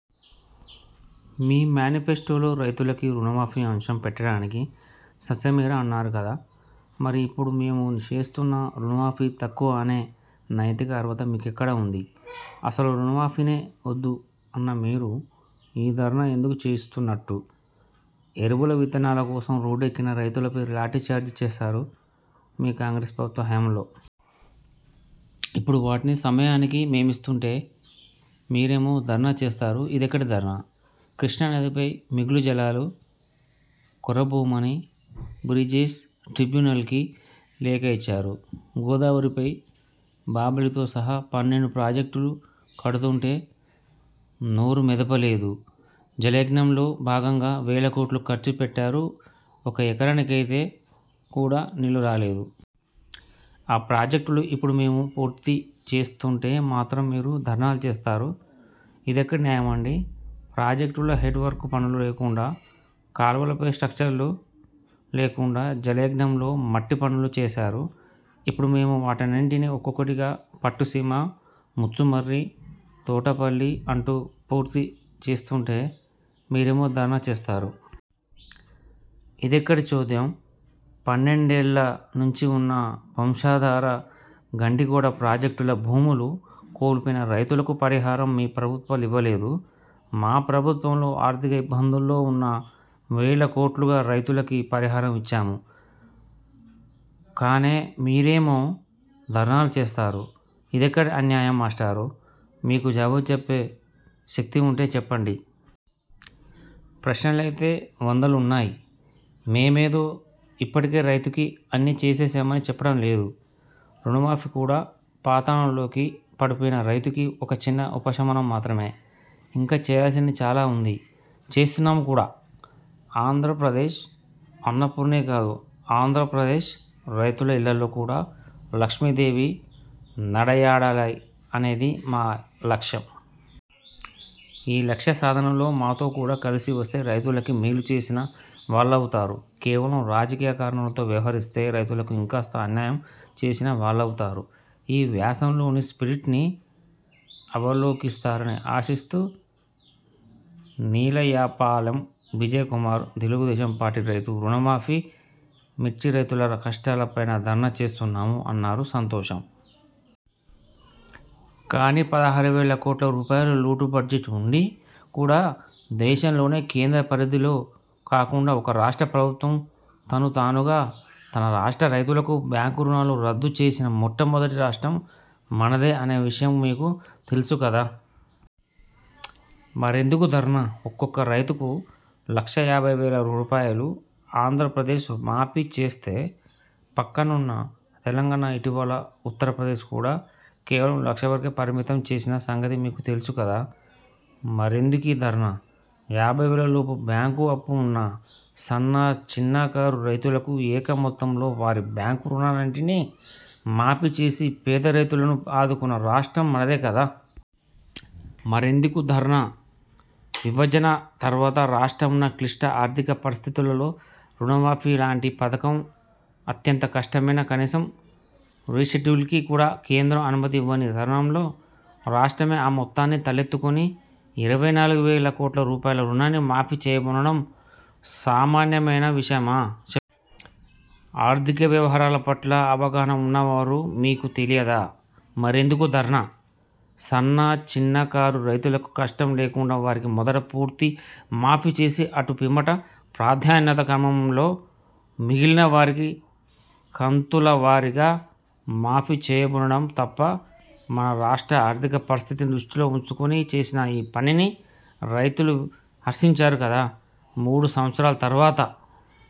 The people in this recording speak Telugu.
మీ మ్యానిఫెస్టోలో రైతులకి రుణమాఫీ అంశం పెట్టడానికి ససేమిరా అన్నారు కదా? మరి ఇప్పుడు మేము చేస్తున్న రుణమాఫీ తక్కువ అనే నైతిక అర్హత మీకెక్కడ వుంది? ఆసలు రుణమాఫీనే వద్దు అన్న మీరు, ఈ ధర్నా ఎందుకు చేస్తున్నట్టు? ఎరువుల, విత్తనాల కోసం రోడ్దేక్కిన రైతులపై లాఠీ చార్జీ చేసారు, మీ కాంగ్రెస్ ప్రభుత్వ హయాంలో. ఇప్పుడు వాటిని సమయానికి మేమిస్తుంటే, మీరేమో ధర్నా చేస్తారు. ఇదెక్కడి ధర్నా? కృష్ణా నదిపై మిగులు జలాలు కోరబోమని బ్రిజేష్ ట్రిబ్యునల్కి లేఖ ఇచ్చారు. గోదావరిపై బాబ్లీతో సహా పన్నెండు ప్రాజెక్టులు కడుతుంటే నోరు మెదపలేదు. జలయజ్ఞంలో భాగంగా వేల కోట్లు ఖర్చు పెట్టారు. ఒక ఎకరానికైతే కూడా నీళ్ళు రాలేదు. ఆ ప్రాజెక్టులు ఇప్పుడు మేము పూర్తి చేస్తుంటే మాత్రం మీరు ధర్నాలు చేస్తారు. ఇదెక్కడి న్యాయం అండీ? ప్రాజెక్టుల హెడ్ వర్క్ పనులు లేకుండా, కాల్వలపై స్ట్రక్చర్లు లేకుండా జలయజ్ఞంలో మట్టి పనులు చేసారు. ఇప్పుడు మేము వాటన్నింటినీ ఒక్కొకటిగా, పట్టుసీమ, ముచ్చుమర్రి, తోటపల్లి, అంటూ పూర్తి చేస్తుంటే, మీరేమో ధర్నా చేస్తారు. ఇదెక్కడి చోద్యం? పన్నెండేళ్ళ నుంచీ వున్న, వంశధార, గండికోట ప్రాజెక్టుల భూములు కోల్పోయిన రైతులకు పరిహారం మీ ప్రభుత్వాలు ఇవ్వలేదు. మా ప్రభుత్వంలో ఆర్థిక ఇబ్బందుల్లో వున్నా, వేల కోట్లుగా, రైతులకి పరిహారం ఇచ్చాము. కానే మీరేమో ధర్నాలు చేస్తారు! ఇదెక్కడి అన్యాయం మాస్టారు? మీకు జవాబు చెప్పే శక్తి వుంటే చెప్పండి. ప్రశ్నలైతే వందలు వున్నాయి. మేమేదో ఇప్పటికే రైతుకి అన్నీ చేసేసామని చెప్పటం లేదు. రుణమాఫీ కూడా, పాతాళంలోకి పడిపోయిన రైతుకి ఒక చిన్న ఉపశమనం మాత్రమే. ఇంకా చేయాల్సింది చాలా వుంది. చేస్తున్నాము కూడా. ఆంధ్రప్రదేశ్ అన్నపూర్ణే కాదు, ఆంధ్రప్రదేశ్ రైతుల ఇళ్ళల్లో కూడా లక్ష్మీదేవి నడయాడాలి అనేదే మా లక్ష్యం. ఈ లక్ష్యసాధనలో మాతో కూడా కలిసి వస్తే రైతులకి మేలు చేసిన వాళ్ళవుతారు. కేవలం రాజకీయ కారణాలతో వ్యవహరిస్తే రైతులకు ఇంకాస్త అన్యాయం చేసిన వాళ్ళవుతారు. ఈ వ్యాసంలోని 'స్పిరిట్'ని అవలోకిస్తారని ఆశిస్తూ నీలయపాలెం విజయ్ కుమార్ తెలుగు దేశం పార్టీ రైతు రుణమాఫీ, మిర్చి రైతుల కష్టాల పైనా ధర్నా చేస్తున్నాము అన్నారు, సంతోషం. కానీ పదహారు వేల కోట్ల రూపాయలు లోటు బడ్జెట్ వుండి కూడా, దేశంలోనే, కేంద్ర పరిధిలో కాకుండా, ఒక రాష్ట్ర ప్రభుత్వం తను తానుగా, తన రాష్ట్ర రైతులకు బ్యాంకు రుణాలు రద్దు చేసిన మొట్టమొదటి రాష్ట్రం మనదే అనే విషయం మీకు తెలుసు కదా! మరెందుకీ ధర్నా? ఒక్కొక్క రైతుకు లక్ష యాభై వేల రూపాయలు ఆంధ్రప్రదేశ్ మాఫీ చేస్తే, పక్కనున్న తెలంగాణ, ఇటీవల ఉత్తరప్రదేశ్ కూడా, కేవలం లక్ష వరకే పరిమితం చేసిన సంగతి మీకు తెలుసు కదా? మరెందుకీ ధర్నా? యాభైవేల లోపు బ్యాంకు అప్పు వున్న సన్న, చిన్నకారు, రైతులకు ఏక మొత్తంలో వారి బ్యాంకు రుణాలన్నింటినీ మాఫీ చేసి పేద రైతులను ఆదుకొన్న రాష్ట్రం మనదే కదా? మరెందుకీ ధర్నా? విభజన తర్వాత రాష్ట్రం వున్న క్లిష్ట ఆర్థిక పరిస్థితులలో, రుణమాఫీ లాంటి పథకం అత్యంత కష్టమైనా, కనీసం రీషెడ్యూల్కి కూడా కేంద్రం అనుమతి ఇవ్వని తరుణంలో, రాష్ట్రమే ఆ మొత్తాన్ని తలెత్తుకొని ఇరవై నాలుగు వేల కోట్ల రూపాయల రుణాన్ని మాఫీ చేయబూనడం సామాన్యమైన విషయమా? ఆర్థిక వ్యవహారాల పట్ల అవగాహన వున్నవారు, మీకు తెలియదా? మరెందుకీ ధర్నా? సన్న చిన్న కారు రైతులకి కష్టం లేకుండా వారికి మొదట పూర్తి మాఫీ చేసి, అటు పిమ్మట, ప్రాధాన్యతా క్రమంలో మిగిలిన వారికి కంతుల వారీగా మాఫీ చేయబూనడం తప్పా? మన రాష్ట్ర ఆర్థిక పరిస్థితిని దృష్టిలో వుంచుకొని చేసిన ఈ పనిని రైతులు హర్షించారు కదా! మూడు సంవత్సరాల తర్వాత